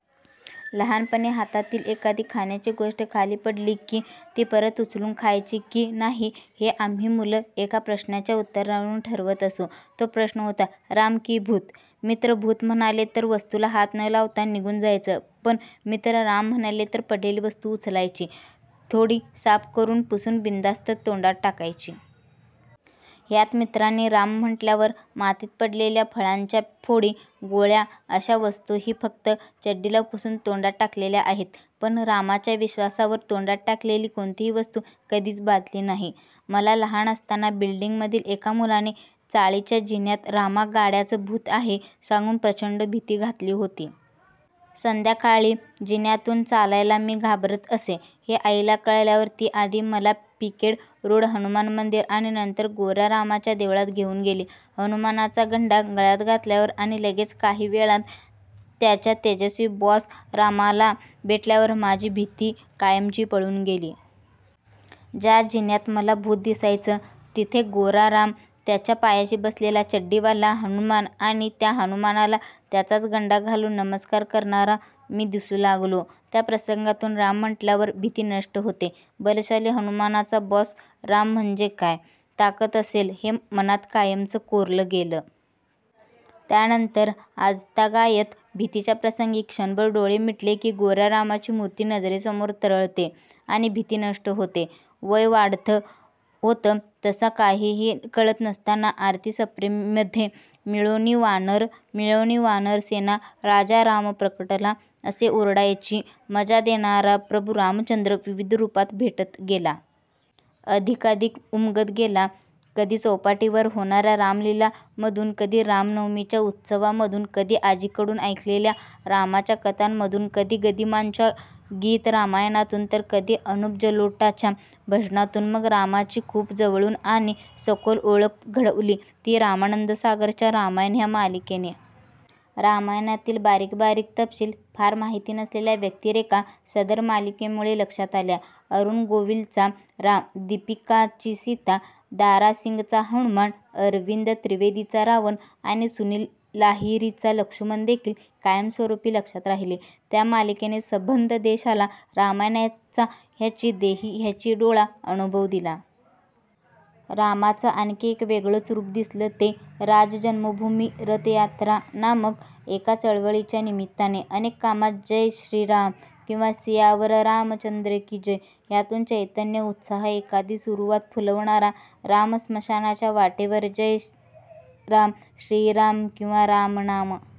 लहानपणी हातातील एखादी खाण्याची गोष्ट खाली पडली की ती परत उचलून खायची की नाही हे आम्ही मुल एका प्रश्नाच्या उत्तरावरून ठरवत असू. तो प्रश्न होता "राम की भूत? " मित्र भूत म्हणाले तर वस्तूला हात न लावता निघून जायचं पण मित्र राम म्हणाले तर पडलेली वस्तू उचलायची, थोडी साफ करून, पुसून बिनधास्त तोंडात टाकायची. ह्यात मित्रांनी राम म्हटल्यावर मातीत पडलेल्या फळांच्या फोडी, गोळ्या अश्या वस्तूही फक्त चड्डीला पुसून तोंडात टाकलेल्या आहेत. पण रामाच्या विश्वासावर तोंडात टाकलेली कोणतीही वस्तू कधीच बाधली नाही! मला लहान असताना बिल्डिंग मधील एका मुलाने चाळीच्या जिन्यात रामा गाड्याच भूत आहे सांगून प्रचंड भीती घातली होती. संध्याकाळी जिन्यातून चालायला मी घाबरत असे. हे आईला कळल्यावर ती आधी मला पिकेट रोड हनुमान मंदिर आणि नंतर गोऱ्या रामाच्या देवळात घेऊन गेली. हनुमानाचा गंडा गळ्यात घातल्यावर आणि लगेच काही वेळात त्याच्या तेजस्वी बॉस रामाला भेटल्यावर माझी भीती कायमची पळून गेली. ज्या जिन्यात मला भूत दिसायचं तिथे गोरा राम, त्याच्या पायाशी बसलेला चड्डीवाला हनुमान आणि त्या हनुमानाला त्याचाच गंडा घालून नमस्कार करणारा मी दिसू लागलो. त्या प्रसंगातून राम म्हटल्यावर भीती नष्ट होते, बलशाली हनुमानाचा बॉस राम म्हणजे काय ताकद असेल हे मनात कायमच कोरल गेलं. त्यानंतर आजतागायत भीतीच्या प्रसंगी क्षणभर डोळे मिटले की गोऱ्या रामाची मूर्ती नजरेसमोर तरळते आणि भीती नष्ट होते! वय वाढत होतं तसा काहीही कळत नसताना आरती सप्रेम मध्ये "मिळोनि वानर ….,मिळोनि वानर सेना राजा राम प्रकटला" असे ओरडायची मजा देणारा प्रभू रामचंद्र विविध रुपात भेटत गेला. अधिकाधिक उमगत गेला. कधी चौपाटीवर होणाऱ्या रामलीला मधून, कधी रामनवमीच्या उत्सवामधून, कधी आजीकडून ऐकलेल्या रामाच्या कथांमधून, कधी गदिमांच्या गीत रामायणातून, तर कधी अनुप जलोटाच्या भजनातून. मग रामाची खूप जवळून आणि सखोल ओळख घडवली ती रामानंद सागरच्या रामायण ह्या मालिकेने. रामायणातील बारीक बारीक तपशील, फार माहीत नसलेल्या व्यक्तीतरेखा सदर मालिकेमुळे लक्षात आल्या. अरुण गोविलचा राम, दीपिका ची सीता, दारासिंगचा हनुमान, अरविंद त्रिवेदीचा रावण आणि सुनील लाहीरीचा लक्ष्मण देखील कायम स्वरूपी लक्षात राहिले! त्या मालिकेने संबंध देशाला रामायणाचा ह्याची देही ह्याची डोळा अनुभव दिला. रामाच आणखी एक वेगळंच रूप दिसलं ते रामजन्मभूमी, रथयात्रा नामक एका चळवळीच्या निमित्ताने. अनेक कामात "जय श्री राम" किंवा "सियावर रामचंद्र की जय" ह्यातून चैतन्य, उत्साह, एखादी सुरुवात फुलवणारा राम स्मशानाच्या वाटेवर "जय राम… श्री राम" किंवा "राम नाम